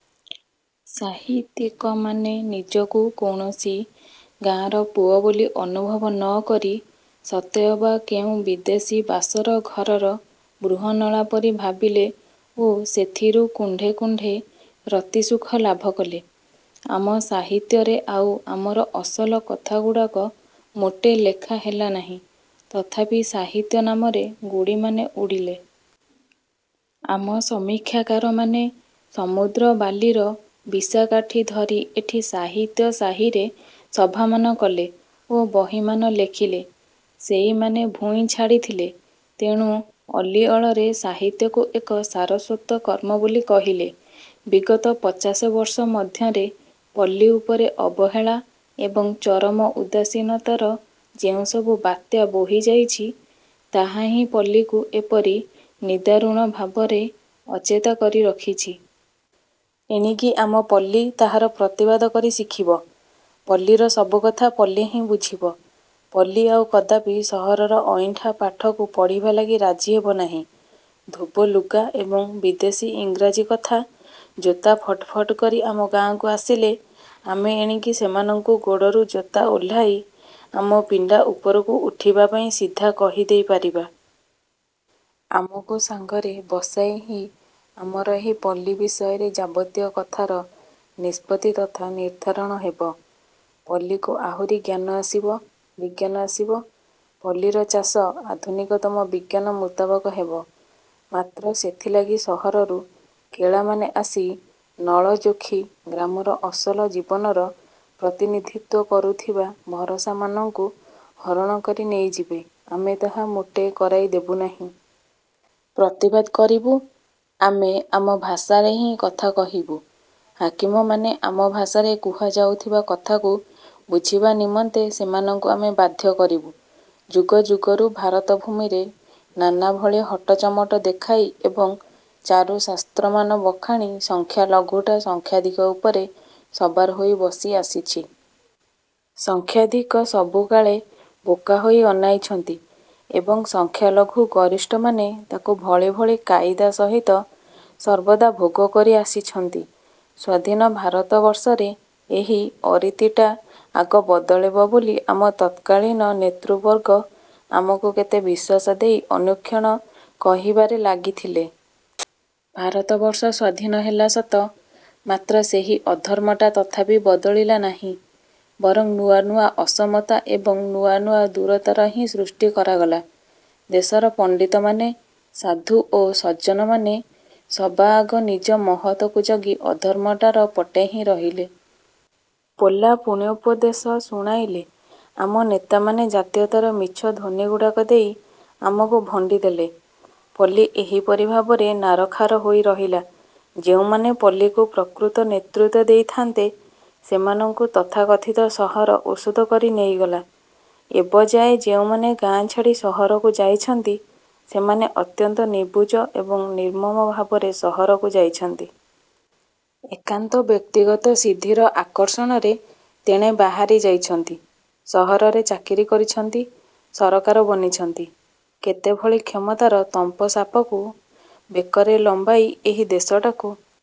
ସାହିତ୍ୟିକମାନେ ନିଜକୁ କୌଣସି ଗାଆଁର ପୁଅ ବୋଲି ଅନୁଭବ ନକରି ସତେଅବା କେଉଁ ବିଦେଶୀ ବାସରଘରର ଵୃହନ୍ନଳା ପରି ଭାବିଲେ ଓ ସେଥରୁ କୁଣ୍ଢେ କୁଣ୍ଢେ ରତିସୁଖ ଲାଭ କଲେ। ଆମ ସାହିତ୍ୟରେ ଆଉ ଆମର ଅସଲ କଥାଗୁଡ଼ାକ ମୋଟେ ଲେଖା ହେଲା ନାହିଁ। ତଥାପି ସାହିତ୍ୟ ନାମରେ ଗୁଡ଼ିମାନେ ଉଡ଼ିଲେ। ଆମ ସମୀକ୍ଷାକାରମାନେ ସମୁଦ୍ରବାଲିର ବିଶାକାଠି ଧରି ଏଠି ସାହିତ୍ୟ ସାହିରେ ସଭାମାନ କଲେ ଓ ବହିମାନ ଲେଖିଲେ। ସେଇମାନେ ଭୂଇଁ ଛାଡ଼ିଥିଲେ, ତେଣୁ ଅଲିଅଳରେ ସାହିତ୍ୟକୁ ଏକ ସାରସ୍ଵତ କର୍ମ ବୋଲି କହିଲେ। ବିଗତ ପଚାଶ ବର୍ଷ ମଧ୍ୟରେ ପଲ୍ଲୀ ଉପରେ ଅବହେଳା ଏବଂ ଚରମ ଉଦାସୀନତାର ଯେଉଁସବୁ ବାତ୍ୟା ବୋହି ଯାଇଛି, ତାହା ହିଁ ପଲ୍ଲୀକୁ ଏପରି ନିଦାରୁଣ ଭାବରେ ଅଚେତା କରି ରଖିଛି। ଏଣିକି ଆମ ପଲ୍ଲୀ ତାହାର ପ୍ରତିବାଦ କରି ଶିଖିବ। ପଲ୍ଲୀର ସବୁକଥା ପଲ୍ଲୀ ହିଁ ବୁଝିବ। ପଲ୍ଲୀ ଆଉ କଦାପି ସହରର ଅଇଁଠା ପାଠକୁ ପଢ଼ିବା ଲାଗି ରାଜି ହେବ ନାହିଁ। ଧୋବ ଲୁଗା ଏବଂ ବିଦେଶୀ ଇଂରାଜୀ କଥା ଜୋତା ଫଟ୍ ଫଟ୍ କରି ଆମ ଗାଆଁକୁ ଆସିଲେ ଆମେ ଏଣିକି ସେମାନଙ୍କୁ ଗୋଡ଼ରୁ ଜୋତା ଓହ୍ଲାଇ ଆମ ପିଣ୍ଡା ଉପରକୁ ଉଠିବା ପାଇଁ ସିଧା କହି ଦେଇ ପାରିବା-। ଆମକୁ ସାଙ୍ଗରେ ବସାଇ ହିଁ ଆମର ଏହି ପଲ୍ଲୀ ବିଷୟରେ ଯାବତୀୟ କଥାର ନିଷ୍ପତ୍ତି ତଥା ନିର୍ଦ୍ଧାରଣ ହେବ। ପଲ୍ଲୀକୁ ଆହୁରି ଜ୍ଞାନ ଆସିବ, ବିଜ୍ଞାନ ଆସିବ, ପଲ୍ଲୀର ଚାଷ ଆଧୁନିକତମ ବିଜ୍ଞାନ ମୁତାବକ ହେବ। ମାତ୍ର ସେଥିଲାଗି ସହରରୁ କେଳାମାନେ ଆସି ନଳ ଯୋଖି ଗ୍ରାମର ଅସଲ ଜୀବନର ପ୍ରତିନିଧିତ୍ଵ କରୁଥିବା ଭରସାମାନଙ୍କୁ ହରଣ କରି ନେଇଯିବେ, ଆମେ ତାହା ମୋଟେ କରାଇ ଦେବୁ ନାହିଁ। ପ୍ରତିବାଦ କରିବୁ। ଆମେ ଆମ ଭାଷାରେ ହିଁ କଥା କହିବୁ। ହାକିମମାନେ ଆମ ଭାଷାରେ କୁହାଯାଉଥିବା କଥାକୁ ବୁଝିବା ନିମନ୍ତେ ସେମାନଙ୍କୁ ଆମେ ବାଧ୍ୟ କରିବୁ। ଯୁଗ ଯୁଗରୁ ଭାରତଭୂମିରେ ନାନା ଭଳି ହଟଚମଟ ଦେଖାଇ ଏବଂ ଚାରୁ ଶାସ୍ତ୍ରମାନ ବଖାଣି ସଂଖ୍ୟାଲଘୁଟା ସଂଖ୍ୟାଧିକ ଉପରେ ସବାର ହୋଇ ବସି ଆସିଛି। ସଂଖ୍ୟାଧିକ ସବୁକାଳେ ବୋକା ହୋଇ ଅନାଇଛନ୍ତି ଏବଂ ସଂଖ୍ୟାଲଘୁ ଗରିଷ୍ଠମାନେ ତାକୁ ଭଳି ଭଳି କାଇଦା ସହିତ ସର୍ବଦା ଭୋଗ କରି ଆସିଛନ୍ତି। ସ୍ୱାଧୀନ ଭାରତବର୍ଷରେ ଏହି ଅରୀତିଟା ଆଗ ବଦଳିବ ବୋଲି ଆମ ତତ୍କାଳୀନ ନେତୃବର୍ଗ ଆମକୁ କେତେ ବିଶ୍ୱାସ ଦେଇ ଅନୁକ୍ଷଣ କହିବାରେ ଲାଗିଥିଲେ। ଭାରତବର୍ଷ ସ୍ଵାଧୀନ ହେଲା ସତ, ମାତ୍ର ସେହି ଅଧର୍ମଟା ତଥାପି ବଦଳିଲା ନାହିଁ। ବରଂ ନୂଆ ନୂଆ ଅସମତା ଏବଂ ନୂଆ ନୂଆ ଦୂରତାର ହିଁ ସୃଷ୍ଟି କରାଗଲା। ଦେଶର ପଣ୍ଡିତମାନେ, ସାଧୁ ଓ ସଜ୍ଜନମାନେ ସବାଆଗ ନିଜ ମହତକୁ ଜଗି ଅଧର୍ମଟାର ପଟେ ହିଁ ରହିଲେ। ପୋଲା ପୁଣ୍ୟୋପଦେଶ ଶୁଣାଇଲେ। ଆମ ନେତାମାନେ ଜାତୀୟତାର ମିଛ ଧ୍ୱନିଗୁଡ଼ାକ ଦେଇ ଆମକୁ ଭଣ୍ଡି ଦେଲେ। ପଲ୍ଲୀ ଏହିପରି ଭାବରେ ନାରଖାର ହୋଇ ରହିଲା। ଯେଉଁମାନେ ପଲ୍ଲୀକୁ ପ୍ରକୃତ ନେତୃତ୍ଵ ଦେଇଥାନ୍ତେ, ସେମାନଙ୍କୁ ତଥାକଥିତ ସହର ଓଷଦ କରି ନେଇଗଲା। ଏବଯାଏ ଯେଉଁମାନେ ଗାଆଁ ଛାଡ଼ି ସହରକୁ ଯାଇଛନ୍ତି, ସେମାନେ ଅତ୍ୟନ୍ତ ନିବୁଜ ଏବଂ ନିର୍ମମ ଭାବରେ ସହରକୁ ଯାଇଛନ୍ତି। ଏକାନ୍ତ ବ୍ୟକ୍ତିଗତ ସିଦ୍ଧିର ଆକର୍ଷଣରେ ତେଣେ ବାହାରି ଯାଇଛନ୍ତି। ସହରରେ ଚାକିରି କରିଛନ୍ତି, ସରକାର ବନିଛନ୍ତି, କେତେଭଳି କ୍ଷମତାର ତମ୍ପସାପକୁ ବେକରେ ଲମ୍ବାଇ ଏହି ଦେଶଟାକୁ